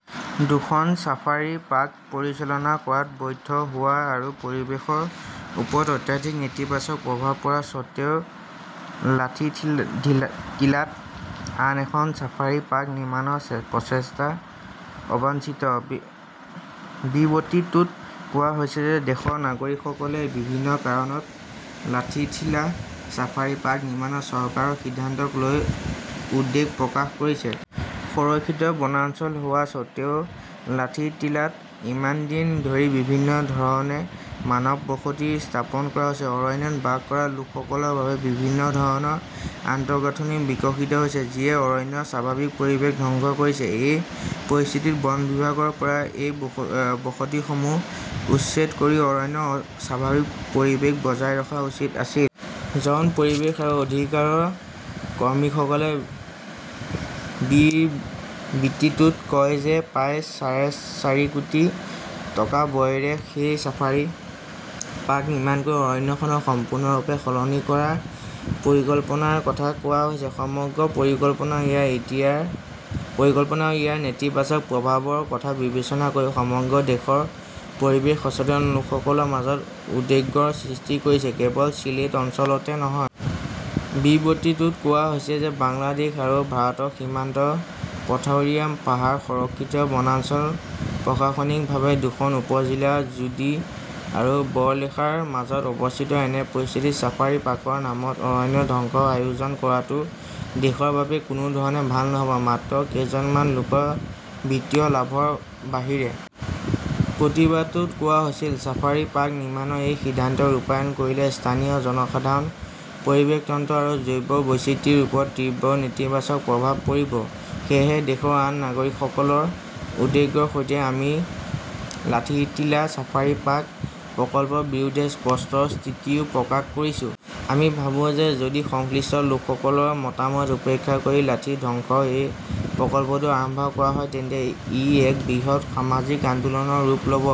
দুখন safari park পৰিচালনা কৰাত ব্যৰ্থ হোৱা আৰু পৰিৱেশৰ ওপৰত অত্যধিক নেতিবাচক প্ৰভাৱ পৰাৰ সত্ত্বেও লাঠিটিলাত আন এখন ছাফাৰী পাৰ্ক নিৰ্মাণৰ প্ৰচেষ্টা অবাঞ্ছিত। বিবৃতিটোত কোৱা হৈছে যে দেশৰ নাগৰিকসকলে বিভিন্ন কাৰণত লাঠিটিলা ছাফাৰী পাৰ্ক নিৰ্মাণৰ চৰকাৰৰ সিদ্ধান্তক লৈ উদ্বেগ প্ৰকাশ কৰিছে। সংৰক্ষিত বনাঞ্চল হোৱা সত্ত্বেও, লাঠিটিলাত ইমান দিন ধৰি বিভিন্ন ধৰণে মানৱ বসতি স্থাপন কৰা হৈছে। অৰণ্যত বাস কৰা লোকসকলৰ বাবে বিভিন্ন ধৰণৰ আন্তঃগাঁথনি বিকশিত হৈছে, যিয়ে অৰণ্যৰ স্বাভাৱিক পৰিৱেশ ধ্বংস কৰিছে। এই পৰিস্থিতিত বন বিভাগৰ পৰা এই বসতিসমূহ উচ্ছেদ কৰি অৰণ্যৰ স্বাভাৱিক পৰিৱেশ বজাই ৰখা উচিত আছিল। জন পৰিৱেশ আৰু অধিকাৰ কৰ্মীসকলে বিবৃতিটোত কয় যে প্ৰায় চাৰে চাৰি কোটি টকা ব্যয়েৰে সেই ছাফাৰী পাৰ্ক নিৰ্মাণ কৰি অৰণ্যখনক সম্পূৰ্ণৰূপে সলনি কৰাৰ পৰিকল্পনাৰ কথা কোৱা হৈছে। সমগ্ৰ পৰিকল্পনা আৰু ইয়াৰ নেতিবাচক প্ৰভাৱৰ কথা বিবেচনা কৰি সমগ্ৰ দেশৰ পৰিৱেশ সচেতন লোকসকলৰ মাজত উদ্বেগৰ সৃষ্টি কৰিছে, কেৱল ছিলেট অঞ্চলতে নহয়। বিবৃতিটোত কোৱা হৈছে যে বাংলাদেশ আৰু ভাৰতৰ সীমান্তৰ পাথাৰিয়া পাহাৰ সংৰক্ষিত বনাঞ্চল প্ৰশাসনিকভাৱে দুখন উপ-জিলা জোডি আৰু বৰলেখাৰ মাজত অৱস্থিত। এনে পৰিস্থিতিত ছাফাৰী পাৰ্কৰ নামত অৰণ্য ধ্বংসৰ আয়োজন কৰাটো দেশৰ বাবে কোনো ধৰণে ভাল নহ'ব, মাত্ৰ কেইজনমান লোকৰ বিত্তীয় লাভৰ বাহিৰে। প্ৰতিবাদটোত কোৱা হৈছিল, "ছাফাৰী পাৰ্ক নিৰ্মাণৰ এই সিদ্ধান্ত ৰূপায়ণ কৰিলে স্থানীয় জনসাধাৰণ, পৰিৱেশ তন্ত্ৰ আৰু জৈৱ বৈচিত্ৰ্যৰ ওপৰত তীব্ৰ নেতিবাচক প্ৰভাৱ পৰিব। সেয়েহে দেশৰ আন নাগৰিকসকলৰ উদ্বেগৰ সৈতে, আমি লাঠিটিলা ছাফাৰী পাৰ্ক প্ৰকল্পৰ বিৰুদ্ধে স্পষ্ট স্থিতিও প্ৰকাশ কৰিছোঁ। আমি ভাবোঁ যে যদি সংশ্লিষ্ট লোকসকলৰ মতামত উপেক্ষা কৰি লাঠি ধ্বংসৰ এই প্ৰকল্পটো আৰম্ভ কৰা হয় তেন্তে ই এক বৃহৎ সামাজিক আন্দোলনৰ ৰূপ ল'ব।"